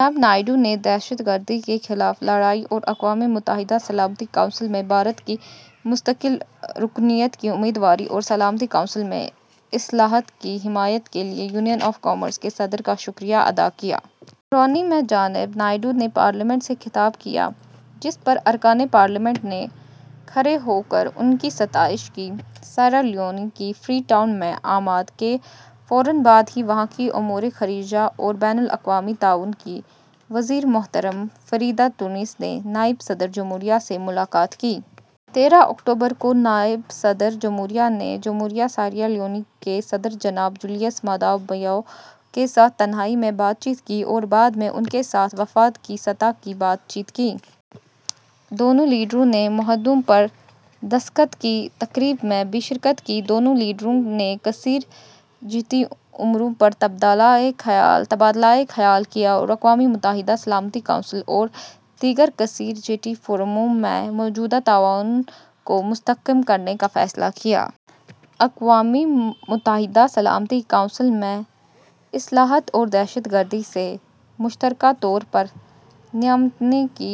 جناب نائیڈو نے دہشت گردی کے خلاف لڑائی اور اقوام متحدہ سلامتی کونسل میں بھارت کی مستقل رکنیت کی امیدواری اور سلامتی کونسل میں اصلاحات کی حمایت کے لیے یونین آف کوموروس کے صدر کا شکریہ ادا کیا۔ مورونی میں جناب نائیڈو نے پارلیمنٹ سے خطاب کیا، جس پر ارکان پارلیمنٹ نے کھڑے ہو کر ان کی ستائش کی۔ سیئرالیون کے فری ٹاؤن میں آمد کے فوراً بعد ہی وہاں کی امور خارجہ اور بین الاقوامی تعاون کی وزیر محترمہ فریدا تیونس نے نائب صدر جمہوریہ سے ملاقات کی۔ تیرہ اکتوبر کو نائب صدر جمہوریہ نے جمہوریہ سیئرالیون کے صدر جناب جیولیس مادابیو کے ساتھ تنہائی میں بات چیت کی اور بعد میں ان کے ساتھ وفد کی سطح کی بات چیت کی۔ دونوں لیڈروں نے معاہدوں پر دستخط کی تقریب میں بھی شرکت کی۔ دونوں لیڈروں نے کثیر جہتی امور پر تبادلہ خیال کیا اور اقوام متحدہ سلامتی کونسل اور دیگر کثیر جہتی فورموں میں موجودہ تعاون کو مستحکم کرنے کا فیصلہ کیا۔ اقوام متحدہ سلامتی کونسل میں اصلاحات اور دہشت گردی سے مشترکہ طور پر نمٹنے کی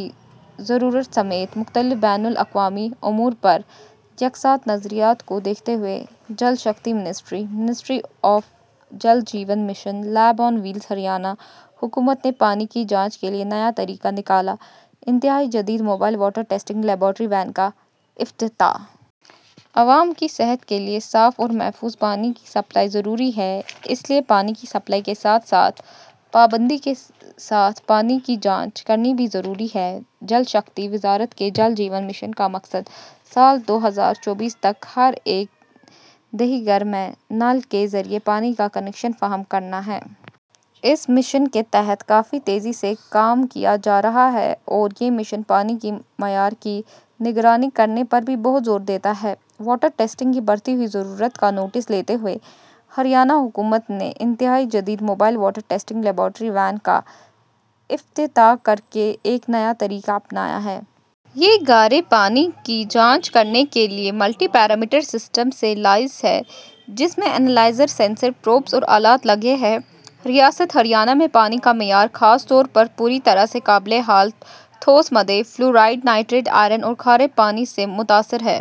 ضرورت سمیت مختلف بین الاقوامی امور پر یکساں نظریات کو دیکھتے ہوئے۔ جل شکتی وزارت Jal Jeevan mission: lab on wheels Haryana حکومت نے پانی کی جانچ کے لیے نیا طریقہ نکالا: انتہائی جدید mobile water testing laboratory van کا افتتاح۔ عوام کی صحت کے لیے صاف اور محفوظ پانی کی سپلائی ضروری ہے، اس لیے پانی کی سپلائی کے ساتھ ساتھ پابندی کے ساتھ پانی کی جانچ کرنی بھی ضروری ہے۔ جل شکتی وزارت کے جل جیون مشن کا مقصد سال دو ہزار چوبیس تک ہر ایک دیہی گھر میں نل کے ذریعے پانی کا کنکشن فراہم کرنا ہے۔ اس مشن کے تحت کافی تیزی سے کام کیا جا رہا ہے اور یہ مشن پانی کے معیار کی نگرانی کرنے پر بھی بہت زور دیتا ہے۔ واٹر ٹیسٹنگ کی بڑھتی ہوئی ضرورت کا نوٹس لیتے ہوئے ہریانہ حکومت نے انتہائی جدید mobile water testing laboratory van کا افتتاح کرکے ایک نیا طریقہ اپنایا ہے۔ یہ گاڑی پانی کی جانچ کرنے کے لیے ملٹی پیرامیٹر سسٹم سے لیس ہے، جس میں اینالائزر، سینسر، پروبس اور آلات لگے ہیں۔ ریاست ہریانہ میں پانی کا معیار خاص طور پر پوری طرح سے قابل حل ٹھوس مادے، فلورائیڈ، نائٹریٹ، آئرن اور کھارے پن سے متاثر ہے۔